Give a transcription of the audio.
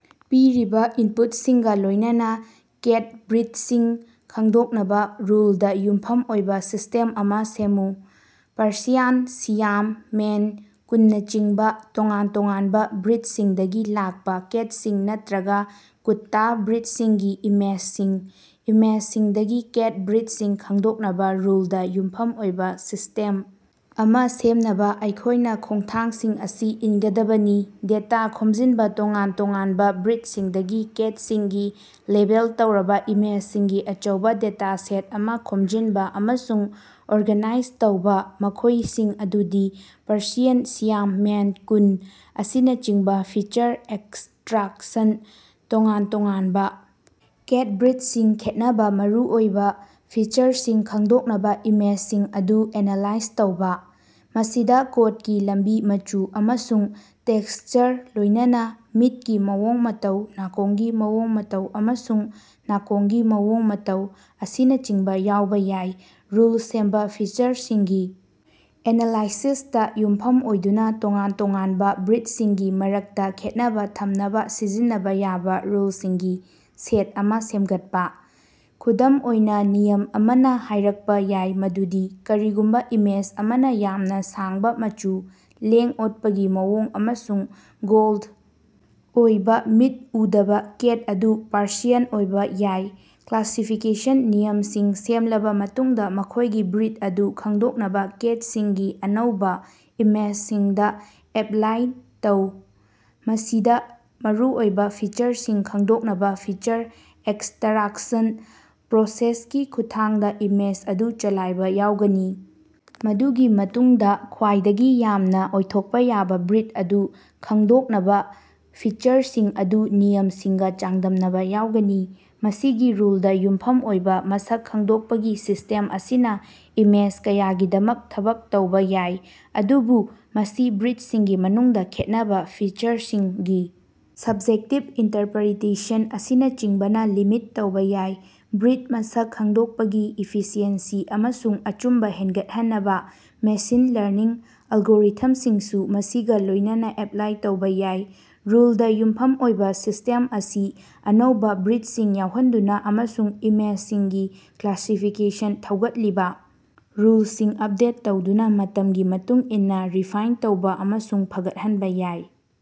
ꯄꯤꯔꯤꯕ ꯏꯟꯄꯨꯠꯁꯤꯡꯒ ꯂꯣꯏꯅꯅ ꯀꯦꯠ ꯕ꯭ꯔꯤꯠꯁꯤꯡ ꯈꯪꯗꯣꯛꯅꯕ ꯔꯨꯜꯗ ꯌꯨꯝꯐꯝ ꯑꯣꯏꯕ ꯁꯤꯁꯇꯦꯝ ꯑꯃ ꯁꯦꯝꯃꯨ꯫ ꯄꯥꯔꯁꯤꯌꯥꯟ ꯁꯤꯌꯥꯝ ꯃꯦꯟ ꯀꯨꯟꯅꯆꯤꯡꯕ ꯇꯣꯉꯥꯟ ꯇꯣꯉꯥꯟꯕ ꯕ꯭ꯔꯤꯠꯁꯤꯡꯗꯒꯤ ꯂꯥꯛꯄ ꯀꯦꯠꯁꯤꯡ ꯅꯠꯇ꯭ꯔꯒꯥ ꯀꯨꯠꯇꯥ ꯕ꯭ꯔꯤꯠꯁꯤꯡꯒꯤ ꯏꯃꯦꯖꯁꯤꯡ꯫ ꯏꯃꯦꯖꯁꯤꯡꯗꯒꯤ ꯀꯦꯠ ꯕ꯭ꯔꯤꯠꯁꯤꯡ ꯈꯪꯗꯣꯛꯅꯕ ꯔꯨꯜꯗ ꯌꯨꯝꯐꯝ ꯑꯣꯏꯕ ꯁꯤꯁꯇꯦꯝ ꯑꯃ ꯁꯦꯝꯅꯕ ꯑꯩꯈꯣꯏꯅ ꯈꯣꯡꯊꯥꯡꯁꯤꯡ ꯑꯁꯤ ꯏꯟꯒꯗꯕꯅꯤ ꯗꯦꯇꯥ ꯈꯣꯝꯖꯤꯟꯕꯥ ꯇꯣꯉꯥꯟ ꯇꯣꯉꯥꯟꯕ ꯕ꯭ꯔꯤꯠꯁꯤꯡꯗꯒꯤ ꯀꯦꯠꯁꯤꯡꯒꯤ ꯂꯦꯕꯦꯜ ꯇꯧꯔꯕ ꯏꯃꯦꯖꯁꯤꯡꯒꯤ ꯑꯆꯧꯕ ꯗꯦꯇꯥꯁꯦꯠ ꯑꯃ ꯈꯣꯝꯖꯤꯟꯕ ꯑꯃꯁꯨꯡ ꯑꯣꯔꯒꯅꯥꯏꯖ ꯇꯧꯕ ꯃꯈꯣꯏꯁꯤꯡ ꯑꯗꯨꯗꯤ ꯄꯥꯔꯁꯤꯌꯥꯟ ꯁꯤꯌꯥꯝ ꯃꯦꯟ ꯀꯨꯟ ꯑꯁꯤꯅꯆꯤꯡꯕ ꯐꯤꯆꯔ ꯑꯦꯛꯁꯇꯔꯥꯛꯁꯟ ꯇꯣꯉꯥꯟ ꯇꯣꯉꯥꯟꯕ ꯀꯦꯠ ꯕ꯭ꯔꯤꯠꯁꯤꯡ ꯈꯦꯠꯅꯕ ꯃꯔꯨꯑꯣꯏꯕ ꯐꯤꯆꯔꯁꯤꯡ ꯈꯪꯗꯣꯛꯅꯕ ꯏꯃꯦꯖꯁꯤꯡ ꯑꯗꯨ ꯑꯦꯅꯥꯂꯥꯏꯖ ꯇꯧꯕ꯫ ꯃꯁꯤꯗ ꯀꯣꯠꯀꯤ ꯂꯝꯕꯤ ꯃꯆꯨ ꯑꯃꯁꯨꯡ ꯇꯦꯛꯁꯆꯔ ꯂꯣꯏꯅꯅ ꯃꯤꯠꯀꯤ ꯃꯑꯣꯡ ꯃꯇꯧ ꯅꯥꯀꯣꯡꯒꯤ ꯃꯑꯣꯡ ꯃꯇꯧ ꯑꯃꯁꯨꯡ ꯅꯥꯀꯣꯡꯒꯤ ꯃꯑꯣꯡ ꯃꯇꯧ ꯑꯁꯤꯅꯆꯤꯡꯕ ꯌꯥꯎꯕ ꯌꯥꯏ꯫ ꯔꯨꯜ ꯁꯦꯝꯕ ꯐꯤꯆꯔꯁꯤꯡꯒꯤ ꯑꯦꯅꯥꯂꯥꯏꯁꯤꯁꯇꯥ ꯌꯨꯝꯐꯝ ꯑꯣꯏꯗꯨꯅ ꯇꯣꯉꯥꯟ ꯇꯣꯉꯥꯟꯕ ꯕ꯭ꯔꯤꯠꯁꯤꯡꯒꯤ ꯃꯔꯛꯇ ꯈꯦꯠꯅꯕ ꯊꯝꯅꯕ ꯁꯤꯖꯤꯟꯅꯕ ꯌꯥꯕ ꯔꯨꯜꯁꯤꯡꯒꯤ ꯁꯦꯠ ꯑꯃ ꯁꯦꯝꯒꯠꯄ꯫ ꯈꯨꯗꯝ ꯑꯣꯏꯅ ꯅꯤꯌꯝ ꯑꯃꯅ ꯍꯥꯏꯔꯛꯄ ꯌꯥꯏ ꯃꯗꯨꯗꯤ ꯀꯔꯤꯒꯨꯝꯕ ꯏꯃꯦꯖ ꯑꯃꯅ ꯌꯥꯝꯅ ꯁꯥꯡꯕ ꯃꯆꯨ ꯂꯦꯡ ꯑꯣꯠꯄꯒꯤ ꯃꯑꯣꯡ ꯑꯃꯁꯨꯡ ꯒꯣꯜꯗ ꯑꯣꯏꯕ ꯃꯤꯠ ꯎꯗꯕ ꯀꯦꯠ ꯑꯗꯨ ꯄꯥꯔꯁꯤꯌꯥꯟ ꯑꯣꯏꯕ ꯌꯥꯏ꯫ ꯀ꯭ꯂꯥꯁꯤꯐꯤꯀꯦꯁꯟ ꯅꯤꯌꯝꯁꯤꯡ ꯁꯦꯝꯂꯕ ꯃꯇꯨꯡꯗ ꯃꯈꯣꯏꯒꯤ ꯕ꯭ꯔꯤꯠ ꯑꯗꯨ ꯈꯪꯗꯣꯛꯅꯕ ꯀꯦꯠꯁꯤꯡꯒꯤ ꯑꯅꯧꯕ ꯏꯃꯦꯖꯁꯤꯡꯗ ꯑꯦꯞꯂꯥꯏ ꯇꯧ꯫ ꯃꯁꯤꯗ ꯃꯔꯨꯑꯣꯏꯕ ꯐꯤꯆꯔꯁꯤꯡ ꯈꯪꯗꯣꯛꯅꯕ ꯐꯤꯆꯔ ꯑꯦꯛꯁꯇꯔꯥꯛꯁꯟ ꯄ꯭ꯔꯣꯁꯦꯁꯀꯤ ꯈꯨꯠꯊꯥꯡꯗ ꯏꯃꯦꯖ ꯑꯗꯨ ꯆꯂꯥꯏꯕ ꯌꯥꯎꯒꯅꯤ ꯃꯗꯨꯒꯤ ꯃꯇꯨꯡꯗ ꯈ꯭ꯋꯥꯏꯗꯒꯤ ꯌꯥꯝꯅ ꯑꯣꯏꯊꯣꯛꯄ ꯌꯥꯕ ꯕ꯭ꯔꯤꯠ ꯑꯗꯨ ꯈꯡꯗꯣꯛꯅꯕ ꯐꯤꯆꯔꯁꯤꯡ ꯑꯗꯨ ꯅꯤꯌꯝꯁꯤꯡꯒ ꯆꯥꯡꯗꯝꯅꯕ ꯌꯥꯎꯒꯅꯤ꯫ ꯃꯁꯤꯒꯤ ꯔꯨꯜꯗ ꯌꯨꯝꯐꯝ ꯑꯣꯏꯕ ꯃꯁꯛ ꯈꯪꯗꯣꯛꯄꯒꯤ ꯁꯤꯁ꯭ꯇꯦꯝ ꯑꯁꯤꯅ ꯏꯃꯦꯖ ꯀꯌꯥꯒꯤꯗꯃꯛ ꯊꯕꯛ ꯇꯧꯕ ꯌꯥꯏ ꯑꯗꯨꯕꯨ ꯃꯁꯤ ꯕ꯭ꯔꯤꯠꯁꯤꯡꯒꯤ ꯃꯅꯨꯡꯗ ꯈꯦꯠꯅꯕ ꯐꯤꯆꯔꯁꯤꯡꯒꯤ ꯁꯕꯖꯦꯛꯇꯤꯕ ꯏꯟꯇꯔꯄꯔꯤꯇꯦꯁꯟ ꯑꯁꯤꯅꯆꯤꯡꯕꯅ ꯂꯤꯃꯤꯠ ꯇꯧꯕ ꯌꯥꯏ ꯕ꯭ꯔꯤꯠ ꯃꯁꯛ ꯈꯪꯗꯣꯛꯄꯒꯤ ꯏꯐꯤꯁꯤꯑꯦꯟꯁꯤ ꯑꯃꯁꯨꯡ ꯑꯆꯨꯝꯕ ꯍꯦꯟꯒꯠꯍꯟꯅꯕ ꯃꯦꯁꯤꯟ ꯂꯔꯅꯤꯡ ꯑꯦꯜꯒꯣꯔꯤꯊꯝꯁꯤꯡꯁꯨ ꯃꯁꯤꯒ ꯂꯣꯏꯅꯅ ꯑꯦꯞꯂꯥꯏ ꯇꯧꯕ ꯌꯥꯏ꯫ ꯔꯨꯜꯗ ꯌꯨꯝꯐꯝ ꯑꯣꯏꯕ ꯁꯤꯁꯇꯦꯝ ꯑꯁꯤ ꯑꯅꯧꯕ ꯕ꯭ꯔꯤꯠꯁꯤꯡ ꯌꯥꯎꯍꯟꯗꯨꯅ ꯑꯃꯁꯨꯡ ꯏꯃꯦꯖꯁꯤꯡꯒꯤ ꯀ꯭ꯂꯥꯁꯤꯐꯤꯀꯦꯁꯟ ꯊꯧꯒꯠꯂꯤꯕ ꯔꯨꯜꯁꯤꯡ ꯑꯞꯗꯦꯠ ꯇꯧꯗꯨꯅ ꯃꯇꯝꯒꯤ ꯃꯇꯨꯡ ꯏꯟꯅ ꯔꯤꯐꯥꯏꯟ ꯇꯧꯕ ꯑꯃꯁꯨꯡ ꯐꯒꯠꯍꯟꯕ ꯌꯥꯏ꯫